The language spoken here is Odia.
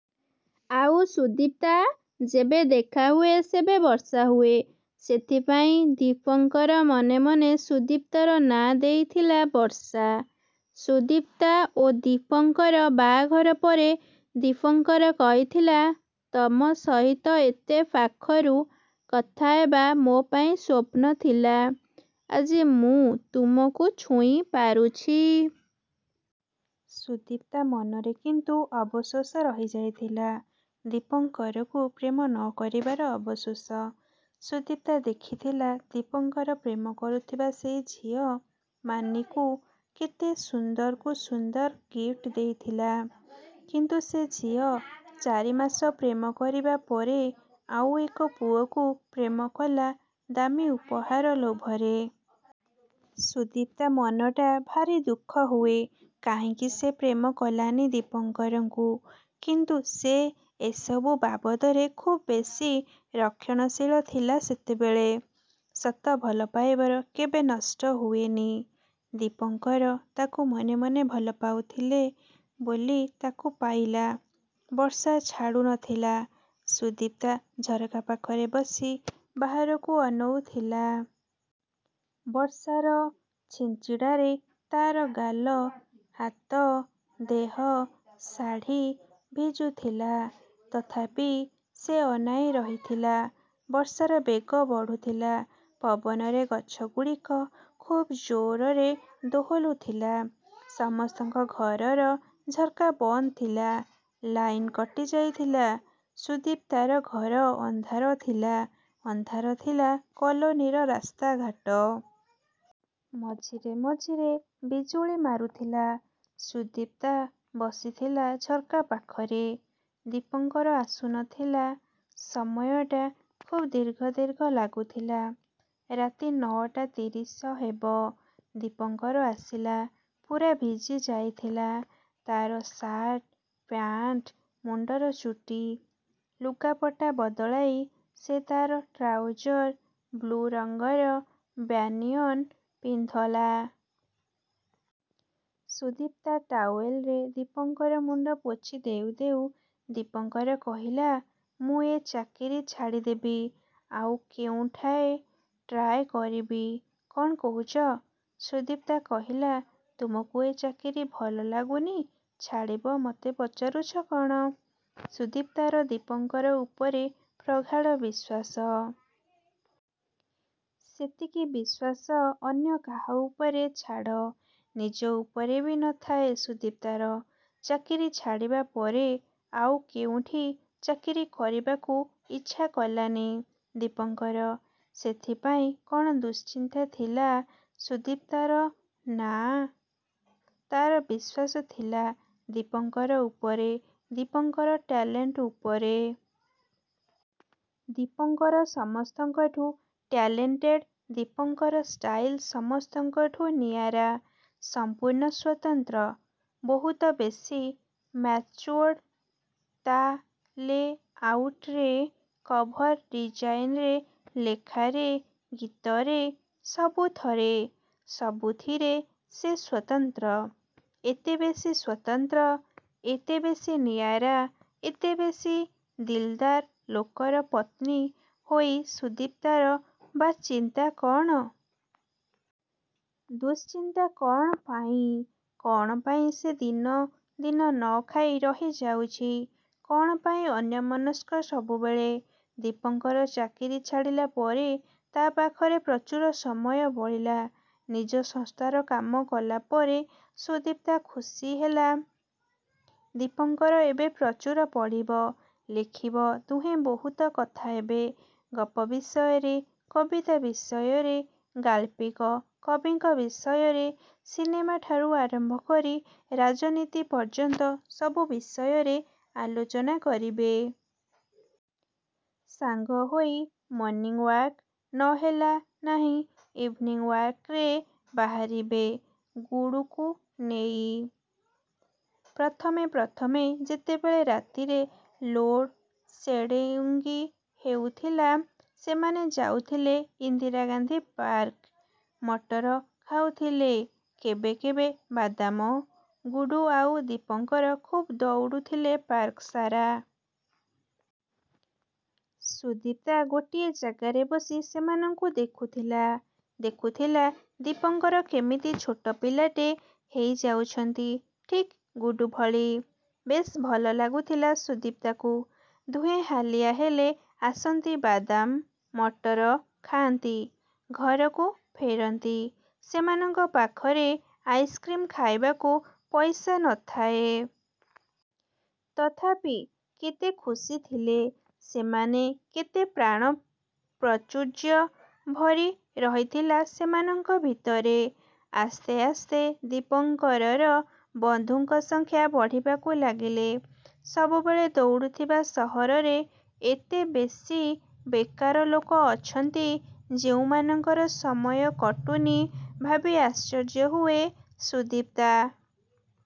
ଆଉ ସୁଦିପ୍ତା ଯେବେ ଦେଖାହୁଏ ସେବେ ବର୍ଷା ହୁଏ। ସେଥିପାଇଁ ଦୀପଙ୍କର ମନେ ମନେ ସୁଦୀପ୍ତାର ନାଁ ଦେଇଥିଲା ''ବର୍ଷା''। ସୁଦୀପ୍ତା ଓ ଦୀପଙ୍କର ବାହାଘର ପରେ ଦୀପଙ୍କର କହିଥିଲା: ''ତମ ସହିତ ଏତେ ପାଖରୁ କଥାହେବା ମୋ ପାଇଁ ସ୍ୱପ୍ନ ଥିଲା। ଆଜି ମୁଁ ତମକୁ ଛୁଇଁ ପାରୁଛି। ସୁଦୀପ୍ତା ମନରେ କିନ୍ତୁ ଅବଶୋଷ ରହିଯାଇଥିଲା। ଦୀପଙ୍କରକୁ ପ୍ରେମ ନ କରିବାର ଅବଶୋଷ। ସୁଦିପ୍ତା ଦେଖିଥିଲା ଦୀପଙ୍କର ପ୍ରେମ କରୁଥିବା ସେଇ ଝିଅ ମାନୀକୁ କେତେ ସୁନ୍ଦରକୁ ସୁନ୍ଦର ଗିପ୍ଟ ଦେଇଥିଲା, କିନ୍ତୁ ସେ ଝିଅ ଚାରିମାସ ପ୍ରେମ କରିବାପରେ ଆଉ ଏକ ପୁଅକୁ ପ୍ରେମ କଲା ଦାମୀ ଉପହାର ଲୋଭରେ। ସୁଦିପ୍ତା ମନଟା ଭାରିଦୁଃଖ ହୁଏ କାହିଁକି ସେ ପ୍ରେମ କଲାନି ଦୀପଙ୍କରଙ୍କୁ। କିନ୍ତୁ ସେ ଏସବୁ ବାବଦରେ ଖୁବ୍ ବେଶୀ ରକ୍ଷଣଶୀଳ ଥିଲା ସେତେବେଳେ। ସତ ଭଲପାଇବାର କେବେ ନଷ୍ଟ ହୁଏନି। ଦୀପଙ୍କର, ତାକୁ ମନେ ମନେ ଭଲ ପାଉଥିଲେ ବୋଲି ତାକୁ ପାଇଲା। ବର୍ଷା ଛାଡ଼ୁ ନ ଥିଲା, ସୁଦିପ୍ତା ଝରକା ପାଖରେ ବସି ବାହାରକୁ ଅନଉଥିଲା। ବର୍ଷାର ଛିଞ୍ଚିଡ଼ାରେ ତା'ର ଗାଲ, ହାତ, ଦେହ, ଶାଢ଼ୀ ଭିଜୁଥିଲା...। ତଥାପି ସେ ଅନାଇ ରହିଥିଲା, ବର୍ଷାର ବେଗ ବଢ଼ୁଥିଲା। ପବନରେ ଗଛଗୁଡ଼ିକ ଖୁବ୍ ଜୋରରେ ଦୋହଲୁଥିଲା। ସମସ୍ତଙ୍କ ଘରର ଝର୍କାବନ୍ଦ ଥିଲା। ଲାଇନ କଟି ଯାଇଥିଲା। ସୁଦିପ୍ତାର ଘର ଅଂଧାର ଥିଲା, ଅଧାଂର ଥିଲା କଲୋନୀର ରାସ୍ତାଘାଟ। ମଝିରେ ମଝିରେ ବିଜୁଳି ମାରୁଥିଲା। ସୁଦିପ୍ତା ବସିଥିଲା ଝର୍କା ପାଖରେ। ଦୀପଙ୍କର ଆସୁନଥିଲା ସମୟଟା ଖୁବ୍ ଦୀର୍ଘ ଦୀର୍ଘ ଲାଗୁଥିଲା। ରାତି ନ'ଟା ତିରିଶ ହେବ ଦୀପଙ୍କର ଆସିଲା। ପୁରା ଭିଜି ଯାଇଥିଲା। ତା'ର ସାର୍ଟ, ପ୍ୟାଣ୍ଟ୍, ମୁଣ୍ଡର ଚୁଟି। ଲୁଗାପଟା ବଦଳାଇ ସେ ତା' ଟ୍ରାଉଜର, ବ୍ଲୁରଙ୍ଗର ବ୍ୟାନିୟନ ପିନ୍ଧଲା। ସୁଦିପ୍ତା ଟାୱେଲରେ ଦିପଙ୍କର ମୁଣ୍ଡ ପୋଛି ଦେଉଦେଉ ଦିପଙ୍କର କହିଲା ମୁଁ ଏ ଚାକିରି ଛାଡ଼ିଦେବି। ଆଉ କେଉଁଠି ଟ୍ରାଏ କରିବି? କ'ଣ କହୁଛ? ସୁଦିପ୍ତା କହିଲା, ''ତମକୁ ଏ ଚାକିରୀ ଭଲ ଲାଗୁନି ଛାଡ଼ିବ ମତେ ପଚାରୁଛ କ'ଣ? ସୁଦିପ୍ତାର ଦୀପଙ୍କର ଉପରେ ପ୍ରଗାଢ଼ ବିଶ୍ୱାସ। ସେତିକି ବିଶ୍ୱାସ ଅନ୍ୟ କାହା ଉପରେ ଛାଡ଼ ନିଜ ଉପରେ ବି ନ ଥାଏ ସୁଦିପ୍ତାର। ଚାକିରି ଛାଡ଼ିବା ପରେ ଆଉ କେଉଁଠି ଚାକିରୀ କରିବାକୁ ଇଛା କଲାନି ଦୀପଙ୍କର। ସେଥିପାଇଁ କ'ଣ ଦୁଶ୍ଚିନ୍ତା ଥିଲା ସୁଦୀପ୍ତାର-ନା? ତା'ର ବିଶ୍ୱାସ ଥିଲା ଦୀପଙ୍କର ଉପରେ-ଦୀପଙ୍କର ଟ୍ୟାଲେଣ୍ଟ ଉପରେ। ଦୀପଙ୍କର ସମସ୍ତଙ୍କଠୁ ଟ୍ୟାଲେଣ୍ଟଡ୍ ଦୀପଙ୍କର ଷ୍ଟାଇଲ ସମସ୍ତଙ୍କଠୁ ନିଆରା, ସଂପୂର୍ଣ୍ଣ ସ୍ୱତନ୍ତ୍ର। ବହୁତ ବେଶୀ ମ୍ୟାଚୁଅଡ୍ ତା' ଲେ-ଆଉଟରେ, କଭର ଡିଜାଇନରେ, ଲେଖାରେ, ଗୀତରେ। ସବୁଥରେ...। ସବୁଥିରେ ସେ ସ୍ୱତନ୍ତ୍ର...। ଏତେବେଶୀ ସ୍ୱତନ୍ତ୍ର, ଏତେବେଶୀ ନିଆରା, ଏତେବେଶୀ ଦିଲଦାର ଲୋକର ପତ୍ନୀ ହୋଇ ସୁଦିପ୍ତାର ବା' ଚିନ୍ତା କ'ଣ? ଦୁଶ୍ଚିନ୍ତା କ'ଣ ପାଇଁ? କ'ଣ ପାଇଁ ସେ ଦିନ ଦିନ ନଖାଇ ରହିଯାଉଛି କ'ଣ ପାଇଁ ଅନ୍ୟମନସ୍କ ସବୁବେଳେ। ଦୀପଙ୍କର ଚାକିରି ଛାଡ଼ିଲାପରେ ତା' ପାଖରେ ପ୍ରଚୁର ସମୟ ବଳିଲା। ନିଜ ସଂସ୍ଥାର କାମ କଲାପରେ ସୁଦିପ୍ତା ଖୁସି ହେଲା ଦୀପଙ୍କର ଏବେ ପ୍ରଚୁର ପଢ଼ିବ, ଲେଖିବ, ଦୁହେଁ ବହୁତ କଥା ହେବେ, ଗପ ବିଷୟରେ କବିତା ବିଷୟରେ, ଗାଳ୍ପିକ, କବିଙ୍କ ବିଷୟରେ, ସିନେମାଠାରୁ ଆରମ୍ଭ କରି ରାଜନୀତି ପର୍ଯ୍ୟନ୍ତ ସବୁ ବିଷୟରେ ଆଲୋଚନା କରିବେ। ସାଙ୍ଗହୋଇ ମର୍ଣ୍ଣିୱାକ୍ ନ ହେଲା ନାହିଁ ଇଭିନିଙ୍ଗ୍ ୱାକ୍ରେ ବାହାରିବେ ଗୁଡୁକୁ ନେଇ। ପ୍ରଥମେ ପ୍ରଥମେ ଯେତେବେଳେ ରାତିରେ ଲୋଡ଼୍ ସେଡ଼ଙ୍ଗି୍ ହେଉଥିଲା ସେମାନେ ଯାଉଥିଲେ ଇନ୍ଦିରା ଗାନ୍ଧି ପାର୍କ। ମଟର ଖାଉଥିଲେ, କେବେକେବେ ବାଦାମ। ଗୁଡୁ ଆଉ ଦୀପଙ୍କର ଖୁବ୍ ଦଉଡ଼ୁ ଥିଲେ ପାର୍କସାରା। ସୁଦିପ୍ତା ଗୋଟିଏ ଜାଗାରେ ବସି ସେମାନଙ୍କୁ ଦେଖୁଥିଲା। ଦେଖୁଥିଲା ଦୀପଙ୍କର କେମିତି ଛୋଟ ପିଲାଟେ ହେଇଯାଉଛନ୍ତି ଠିକ୍ ଗୁଡୁ ଭଳି। ବେଶ୍ ଭଲ ଲାଗୁଥିଲା ସୁଦିପ୍ତାକୁ। ଦୁହେଁ ହାଲିଆ ହେଲେ ଆସନ୍ତି ବାଦାମ, ମଟର ଖାଆନ୍ତି। ଘରକୁ ଫେରନ୍ତି। ସେମାନଙ୍କର ପାଖରେ ଆଇସ୍କ୍ରିମ୍ ଖାଇବାକୁ ପଇସା ନ ଥାଏ। ତଥାପି କେତେ ଖୁସି ଥିଲେ ସେମାନେ କେତେ ପ୍ରାଣ ପ୍ରଚୁର୍ଯ୍ୟ ଭରି ରହିଥିଲା ସେମାନଙ୍କ ଭିତରେ। ଆସ୍ତେ ଆସ୍ତେ ଦୀପଙ୍କରର ବଂଧୁଙ୍କ ସଂଖ୍ୟା ବଢ଼ିବାକୁ ଲାଗିଲେ। ସବୁବେଳେ ଦଉଡ଼ୁଥିବା ସହରରେ ଏତେବେଶୀ ବେକାର ଲୋକ ଅଛନ୍ତି ଯେଉଁମାନଙ୍କର ସମୟ କଟୁନି ଭାବି ଆଶ୍ଚର୍ଯ୍ୟ ହୁଏ ସୁଦିପ୍ତା।